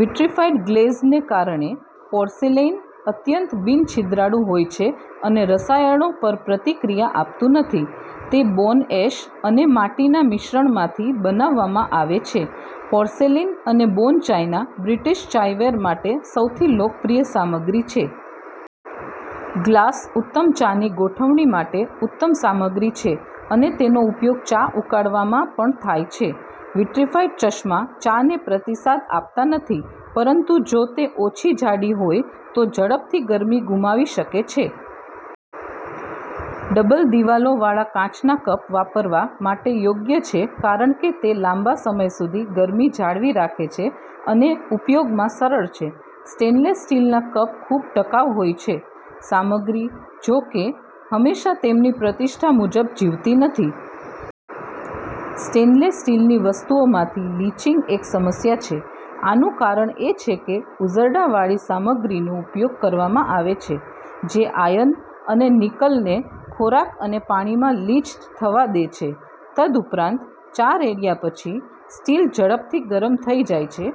Vitrified ગ્લેઝને કારણે, porcelain અત્યંત બિન-છિદ્રાળુ હોય છે અને રસાયણો પર પ્રતિક્રિયા આપતું નથી. તે બોન એશ અને માટીના મિશ્રણમાંથી બનાવવામાં આવે છે. પોર્સેલિન અને બોન ચાઇના બ્રિટિશ ચાયવેર માટે સૌથી લોકપ્રિય સામગ્રી છે. ગ્લાસ ઉત્તમ ચાની ગોઠવણી માટે ઉત્તમ સામગ્રી છે અને તેનો ઉપયોગ ચા ઉકાળવામાં પણ થાય છે. વિટ્રિફાઇડ ચશ્મા ચાને પ્રતિસાદ આપતા નથી, પરંતુ જો તે ઓછી જાડી હોય તો ઝડપથી ગરમી ગુમાવી શકે છે. ડબલ-દિવાલોવાળા કાચના કપ વાપરવા માટે યોગ્ય છે કારણ કે તે લાંબા સમય સુધી ગરમી જાળવી રાખે છે અને ઉપયોગમાં સરળ છે. સ્ટેનલેસ સ્ટીલના કપ ખૂબ ટકાઉ હોય છે. સામગ્રી, જો કે, હંમેશા તેમની પ્રતિષ્ઠા મુજબ જીવતી નથી. સ્ટેનલેસ સ્ટીલની વસ્તુઓમાંથી લીચિંગ એક સમસ્યા છે. આનું કારણ એ છે કે ઉઝરડાવાળી સામગ્રીનો ઉપયોગ કરવામાં આવે છે, જે આયર્ન અને નિકલને ખોરાક અને પીણામાં લીચ થવા દે છે. તદુપરાંત, ચા રેડ્યા પછી, સ્ટીલ ઝડપથી ગરમ થઈ જાય છે,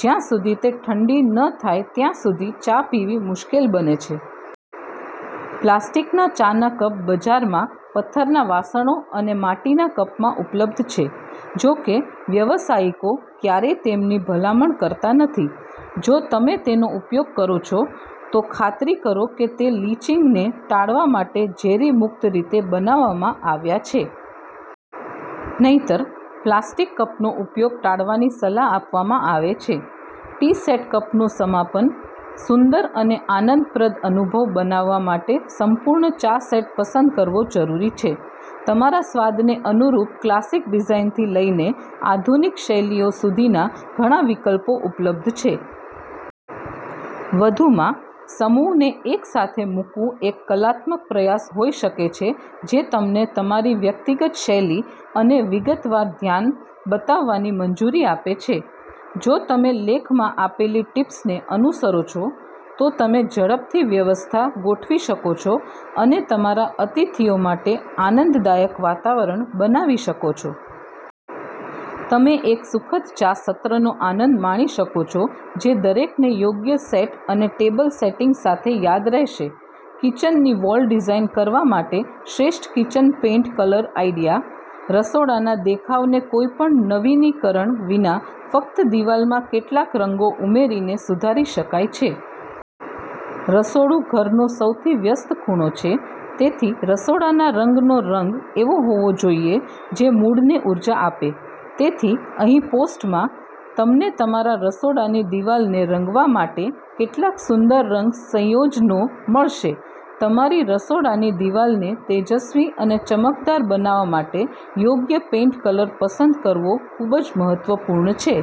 જ્યાં સુધી તે ઠંડી ન થાય ત્યાં સુધી ચા પીવી મુશ્કેલ બને છે. પ્લાસ્ટિકના ચાના કપ બજારમાં પથ્થરના વાસણો અને માટીના કપમાં ઉપલબ્ધ છે. જો કે, વ્યાવસાયિકો ક્યારેય તેમની ભલામણ કરતા નથી. જો તમે તેનો ઉપયોગ કરો છો, તો ખાતરી કરો કે તે લીચિંગને ટાળવા માટે ઝેરી મુક્ત રીતે બનાવવામાં આવ્યા છે. નહિંતર, પ્લાસ્ટિક કપનો ઉપયોગ ટાળવાની સલાહ આપવામાં આવે છે. ટી સેટ કપનું સમાપન. સુંદર અને આનંદપ્રદ અનુભવ બનાવવા માટે સંપૂર્ણ ચા સેટ પસંદ કરવો જરૂરી છે. તમારા સ્વાદને અનુરૂપ ક્લાસિક ડિઝાઇનથી લઈને આધુનિક શૈલીઓ સુધીના ઘણા વિકલ્પો ઉપલબ્ધ છે. વધુમાં, સમૂહને એકસાથે મૂકવું એક કલાત્મક પ્રયાસ હોઈ શકે છે જે તમને તમારી વ્યક્તિગત શૈલી અને વિગતવાર ધ્યાન બતાવવાની મંજૂરી આપે છે. જો તમે લેખમાં આપેલી ટીપ્સને અનુસરો છો, તો તમે ઝડપથી વ્યવસ્થા ગોઠવી શકો છો અને તમારા અતિથિઓ માટે આનંદદાયક વાતાવરણ બનાવી શકો છો. તમે એક સુખદ ચા સત્રનો આનંદ માણી શકો છો જે દરેકને યોગ્ય સેટ અને ટેબલ સેટિંગ સાથે યાદ રહેશે. કિચનની વોલ ડિઝાઇન કરવા માટે શ્રેષ્ઠ કિચન પેઇન્ટ કલર આઇડિયા. રસોડાના દેખાવને કોઈપણ નવીનીકરણ વિના ફક્ત દિવાલમાં કેટલાક રંગો ઉમેરીને સુધારી શકાય છે. રસોડું ઘરનો સૌથી વ્યસ્ત ખૂણો છે, તેથી રસોડાના રંગનો રંગ એવો હોવો જોઈએ જે મૂડને ઉર્જા આપે. તેથી, અહીં પોસ્ટમાં, તમને તમારા રસોડાની દિવાલને રંગવા માટે કેટલાક સુંદર રંગ સંયોજનો મળશે. તમારી રસોડાની દિવાલને તેજસ્વી અને ચમકદાર બનાવવા માટે યોગ્ય પેઇન્ટ કલર પસંદ કરવો ખૂબ જ મહત્વપૂર્ણ છે.